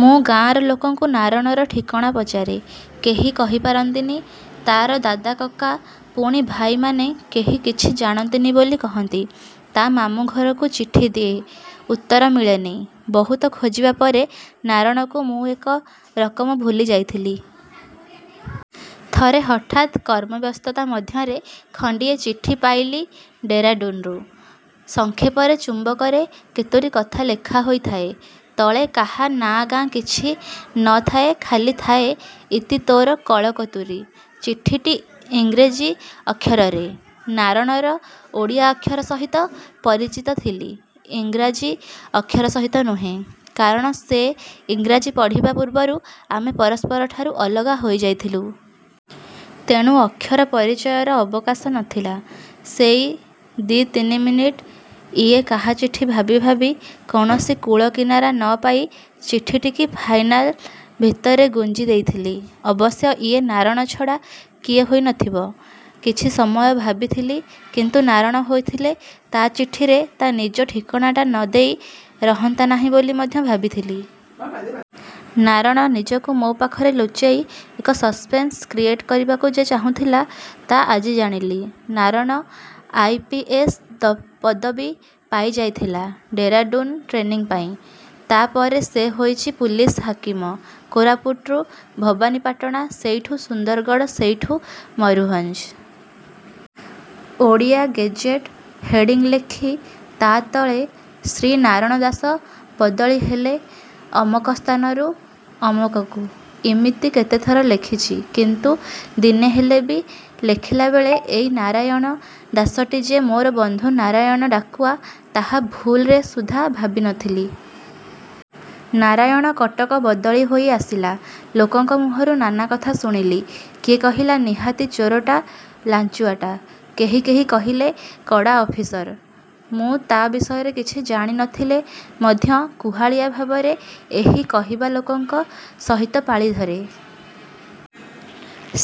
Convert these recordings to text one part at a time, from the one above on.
ମୁଁ ଗାଁର ଲୋକଙ୍କୁ ନାରଣର ଠିକଣା ପଚାରେ, କେହି କହି ପାରନ୍ତିନି ତାର ଦାଦା କକା ପୁଣି ଭାଇମାନେ କେହି କିଛି ଜାଣନ୍ତିନି ବୋଲି କହନ୍ତି। ତା ମାମୁଁ ଘରକୁ ଚିଠି ଦିଏ ଉତ୍ତର ମିଳେନି। ବହୁତ ଖୋଜିବାପରେ ନାରଣକୁ ମୁଁ ଏକ ରକମ ଭୁଲି ଯାଇଥିଲି। ଥରେ ହଠାତ୍ କର୍ମବ୍ୟସ୍ତତା ମଧ୍ୟରେ ଖଣ୍ଡିଏ ଚିଠି ପାଇଲି ଡେରାଡୁନ୍ରୁ। ସଂକ୍ଷେପରେ ଚୁମ୍ବକରେ କେତୋଟି କଥା ଲେଖା ହୋଇଥାଏ, ତଳେ କାହା ନାଁ ଗାଁ କିଛି ନ ଥାଏ ଖାଲି ଥାଏ, ଇତି ତୋର କଳକତୁରୀ। ଚିଠିଟି ଇଂରେଜୀ ଅକ୍ଷରରେ। ନାରଣର ଓଡ଼ିଆ ଅକ୍ଷର ସହିତ ପରିଚିତ ଥିଲି, ଇଂରେଜୀ ଅକ୍ଷର ସହିତ ନୁହେଁ, କାରଣ ସେ ଇଂରେଜୀ ପଢ଼ିବା ପୂର୍ବରୁ ଆମେ ପରସ୍ପରଠାରୁ ଅଲଗା ହୋଇ ଯାଇଥିଲୁ। ତେଣୁ ଅକ୍ଷର ପରିଚୟର ଅବକାଶ ନ ଥିଲା। ସେଇ ଦି ତିନିମିନିଟ ଇଏ କାହାଚିଠି ଭାବି ଭାବି କୌଣସି କୂଳ କିନାରା ନ ପାଇ ଚିଠିଟିକି ଫାଇଲ ଭିତରେ ଗୁଞ୍ଜି ଦେଇଥିଲି। ଅବଶ୍ୟ ଇଏ ନାରଣ ଛଡ଼ା କିଏ ହୋଇନଥିବ। କିଛି ସମୟ ଭାବିଥିଲି କିନ୍ତୁ ନାରଣ ହୋଇଥିଲେ ତା ଚିଠିରେ ତା ନିଜ ଠିକଣାଟା ନଦେଇ ରହନ୍ତା ନାହିଁ ବୋଲି ମଧ୍ୟ ଭାବିଥିଲି। ନାରଣ ନିଜକୁ ମୋ ପାଖରେ ଲୁଚେଇ ଏକ ସସପେନ୍ସ କ୍ରିଏଟ୍ କରିବାକୁ ଯେ ଚାହୁଁଥିଲା, ତା ଆଜି ଜାଣିଲି। ନାରଣ ଆଇ. ପି. ଏସ୍ ପଦବୀ ପାଇ ଯାଇଥିଲା, ଡେରାଡୁନ୍ ଟ୍ରେନିଂ ପାଇଁ। ତା ପରେ ସେ ହୋଇଚି ପୁଲିସ ହାକିମ, କୋରାପୁଟରୁ, ଭବାନିପାଟଣା ସେଇଠୁ ସୁନ୍ଦରଗଡ଼ ସେଇଠୁ ମୟୁରଭଞ୍ଜ। 'ଓଡ଼ିଶା ଗେଜେଟ' ହେଡ଼ିଂ ଲେଖି ତା ତଳେ "ଶ୍ରୀ ନାରଣ ଦାସ ବଦଳି, ହେଲେ ଅମକ ସ୍ଥାନରୁ ଅମକକୁ'' ଇମିତି କେତେଥର ଲେଖିଚି କିନ୍ତୁ ଦିନେହେଲେ ବି ଲେଖିଲାବେଳେ, ଏଇ ନାରାୟଣ ଦାସଟି ଯେ ମୋର ବନ୍ଧୁ ନାରାୟଣ ଡାକୁଆ, ତାହା ଭୁଲରେ ସୁଦ୍ଧା ଭାବି ନ ଥିଲି। ନାରାୟଣ କଟକ ବଦଳି ହୋଇ ଆସିଲା, ଲୋକଙ୍କ ମୁହଁରୁ ନାନା କଥା ଶୁଣିଲି। କିଏ କହିଲା ନିହାତି ଚୋରଟା, ଲାଂଚୁଆଟା। କେହି କେହି କହିଲେ କଡ଼ା ଅଫିସର। ମୁଁ ତା ବିଷୟରେ କିଛି ଜାଣି ନ ଥିଲେ ମଧ୍ୟ କୁହାଳିଆ ଭାବରେ ଏହି କହିବାଲୋକଙ୍କ ସହିତ ପାଳିଧରେ।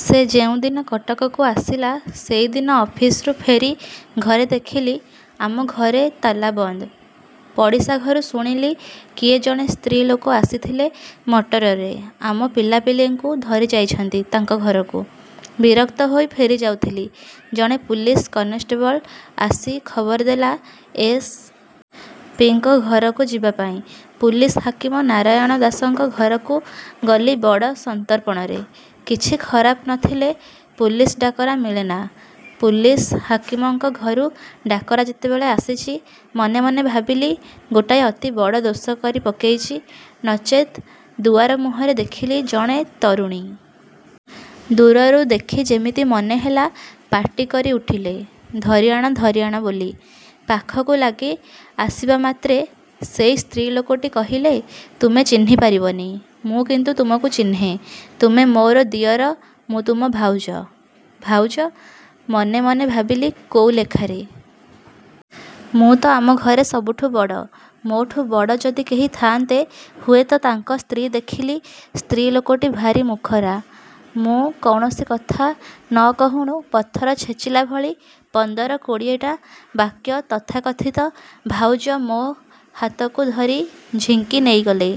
ସେ ଯେଉଁଦିନ କଟକକୁ ଆସିଲା ସେଇଦିନ ଅଫିସରୁ ଫେରି ଘରେ ଦେଖିଲି, ଆମ ଘରେ ତାଲାବନ୍ଦ। ପଡ଼ିଶାଘରୁ ଶୁଣିଲି, କିଏ ଜଣେ ସ୍ତ୍ରୀ ଲୋକ ଆସିଥିଲେ ମଟରରେ, ଆମ ପିଲାପିଲିଙ୍କୁ ଧରି ଯାଇଛନ୍ତି, ତାଙ୍କ ଘରକୁ। ବିରକ୍ତ ହୋଇ ଫେରିଯାଉଥିଲି, ଜଣେ ପୁଲିସ କନଷ୍ଟେବଲ୍ ଆସି ଖବର ଦେଲା ଏସ୍. ପିଙ୍କ ଘରକୁ ଯିବାପାଇଁ। ପୁଲିସ ହାକିମ ନାରାୟଣ ଦାସଙ୍କ ଘରକୁ ଗଲି ବଡ଼ ସନ୍ତର୍ପଣରେ। କିଛି ଖରାପ ନଥିଲେ ପୁଲିସ ଡାକରା ମିଳେନା। ପୁଲିସ ହାକିମଙ୍କ ଘରୁ ଡାକରା ଯେତେବେଳେ ଆସିଚି, ମନେ ମନେ ଭାବିଲି, ଗୋଟାଏ ଅତି ବଡ଼ ଦୋଷ କରି ପକେଇଚି ନଚେତ୍ ଦୁଆର ମୁହଁରେ ଦେଖିଲି ଜଣେ ତରୁଣୀ। ଦୂରରୁ ଦେଖି ଯେମିତି ମନେହେଲା, ପାଟିକରି ଉଠିଲେ, ଧରିଆଣ ଧରିଆଣ ବୋଲି। ପାଖକୁ ଲାଗି ଆସିବାମାତ୍ରେ ସେଇ ସ୍ତ୍ରୀ ଲୋକଟି କହିଲେ, ତୁମେ ଚିହ୍ନି ପାରିବନି, ମୁଁ କିନ୍ତୁ ତୁମକୁ ଚିହ୍ନେ, ତୁମେ ମୋର ଦିଅର ମୁଁ ତୁମ ଭାଉଜ। ଭାଉଜ? ମନେ ମନେ ଭାବିଲି, କୋଉ ଲେଖାରେ? ମୁଁ ତ ଆମ ଘରେ ସବୁଠୁ ବଡ଼। ମୋଠୁ ବଡ଼ ଯଦି କେହି ଥାଆନ୍ତେ, ହୁଏତ ତାଙ୍କ ସ୍ତ୍ରୀ ଦେଖିଲି ସ୍ତ୍ରୀ ଲୋକଟି ଭାରି ମୁଖରା। ମୁଁ କୌଣସି କଥା ନ କହୁଣୁ ପଥର ଛେଚିଲାଭଳି ପନ୍ଦର କୋଡ଼ିଏଟା ବାକ୍ୟ ତଥାକଥିତ ଭାଉଜ ମୋ ହାତକୁ ଧରି ଝିଙ୍କି ନେଇଗଲେ।